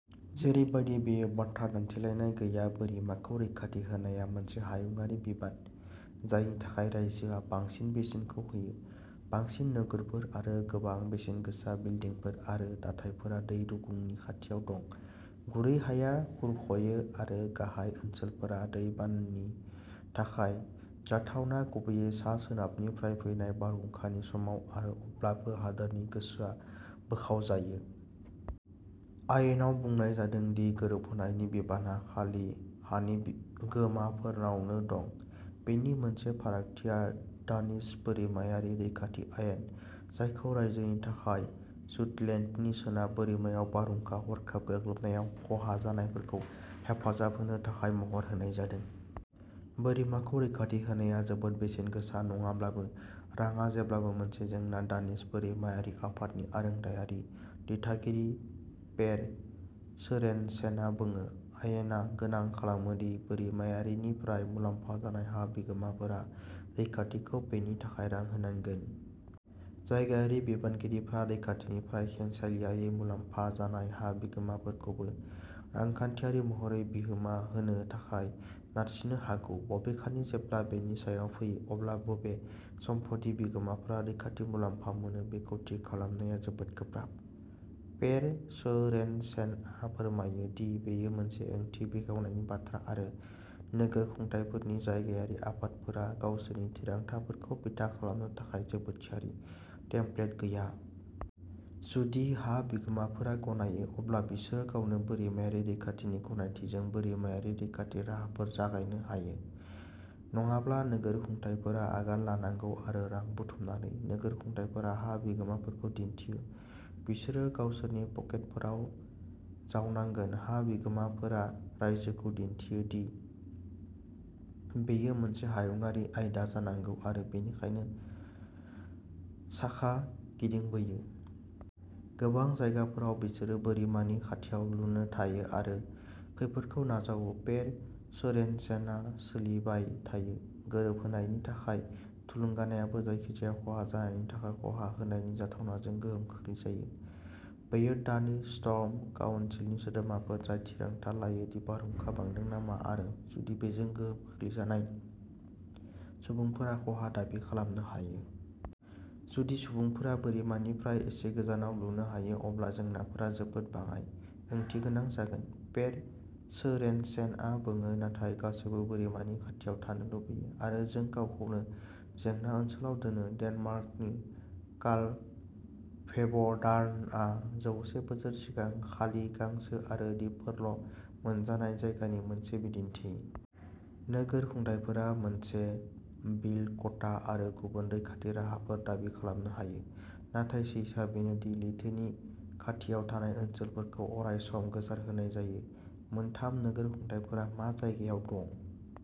जेरैबादि जेबो बाथ्रा दानथेलायनाय गैया बोरिमाखौ रैखाथि होनाया मोनसे हायुंआरि बिबान जायनि थाखाय रायजोआ बांसिन बेसेनखौ होयो। बांसिन नोगोरफोर आरो गोबां बेसेनगोसा बिल्डिंफोर आरो दाथायफोरा दै रुगुंनि खाथियाव दं। गुरै हाया खुरख'यो आरो गाहाय ओनसोलफोरा दै बानानि थाखाय जाथावना, गुबैयै सा-सोनाबनिफ्राय फैनाय बारहुंखानि समाव आरो अब्लाबो, हादोरनि गोसोआ बोखावजायो। आयेनाव बुंनाय जादों दि गोरोबहोनायनि बिबाना खालि हानि बिगोमाफोरनावनो दं। बेनि मोनसे फारागथिया दानिश बोरिमायारि रैखाथि आयेन, जायखौ रायजोनि थाखाय जुटलेन्डनि सोनाब बोरिमायाव बारहुंखा हरखाब गाग्लोबनायाव खहा जानायफोरखौ हेफाजाब होनो थाखाय महर होनाय जादों। बोरिमाखौ रैखाथि होनाया जोबोद बेसेन गोसा नङाब्लाबो, रांआ जेब्लाबो मोनसे जेंना दानिश बोरिमायारि आफादनि आरोंदायारि दिथागिरि पेर सोरेनसेनआ बुङो। आयेना गोनां खालामो दि बोरिमायारिनिफ्राय मुलाम्फा जानाय हा बिगोमाफोरा। रैखाथिखौ बेनि थाखाय रां होनांगोन। जायगायारि बिबानगिरिफोरा रैखाथिनिफ्राय खेंसालियायै मुलाम्फा जानाय हा बिगोमाफोरखौबो रांखान्थियारि महरै बिहोमा होनो थाखाय नारसिननो हागौ। बबेखानि, जेब्ला बेनि सायाव फैयो, अब्ला बबे सम्पथि बिगोमाफोरा रैखाथि मुलाम्फा मोनो बेखौ थि खालामनाया जोबोद गोब्राब। पेर सोरेनसेनआ फोरमायो दि बेयो मोनसे ओंथि बेखेवनायनि बाथ्रा आरो नोगोर खुंथायफोरनि जायगायारि आफादफोरा गावसोरनि थिरांथाफोरखौ बिथा खालामनो थाखाय जेबो थियारि टेम्पलेट गैया। जुदि हा बिगोमाफोरा गनायो, अब्ला बिसोरो गावनो बोरिमायारि रैखाथिनि गनायथिजों बोरिमायारि रैखाथि राहाफोर जागायनो हायो। नङाब्ला, नोगोर खुंथायफोरा आगान लानांगौ आरो रां बुथुमनांगौ। नोगोर खुंथायफोरा हा बिगोमाफोरखौ दिन्थियो बिसोरो गावसोरनि पकेटफोराव जावनांगोन। हा बिगोमाफोरा रायजोखौ दिन्थियो बेयो मोनसे हायुंआरि आयदा जानांगौ आरो बेनिखायनो साखा गिदिंबोयो। गोबां जायगाफोराव बिसोरो बोरिमानि खाथियाव लुनो थायो आरो खैफोदखौ नाजावो पेर सोरेनसेनआ सोलिबाय थायो। गोरोबहोनायनि थाखाय थुलुंगानायाबो जायखिजाया खहा जानायनि थाखाय खहा होनायनि जाथावनाजों गोहोम खोख्लैजायो। बेयो दानिश स्टर्म काउनसिलनि सोद्रोमाफोर जाय थिरांथा लायो दि बारहुंखा बांदों नामा आरो जुदि बेजों गोहोम खोख्लैजानाय सुबुंफोरा खहा दाबि खालामनो हायो। जुदि सुबुंफोरा बोरिमानिफ्राय एसे गोजानाव लुनो हायो, अब्ला जेंनाफोरा जोबोद बाङाइ ओंथिगोनां जागोन, पेर सोरेनसेनआ बुङो। नाथाय गासैबो बोरिमानि खाथियाव थानो लुबैयो आरो जों गावखौनो जेंना ओनसोलाव दोनो। डेनमार्कनि कालभेब'डार्नआ जौसे बोसोर सिगां खालि गांसो आरो दिपफोरल' मोनजानाय जायगानि मोनसे बिदिन्थि। नोगोर खुंथायफोरा मोनसे बिल्ड क'टा आरो गुबुन रैखाथि राहाफोर दाबि खालामनो हायो, नाथाय सैथोआ बेनो दि लैथोनि खाथियाव थानाय ओनसोलफोरखौ अराय सम गोसारहोनाय जायो। मोनथाम नोगोर खुंथायफोरा मा जायगायाव दं।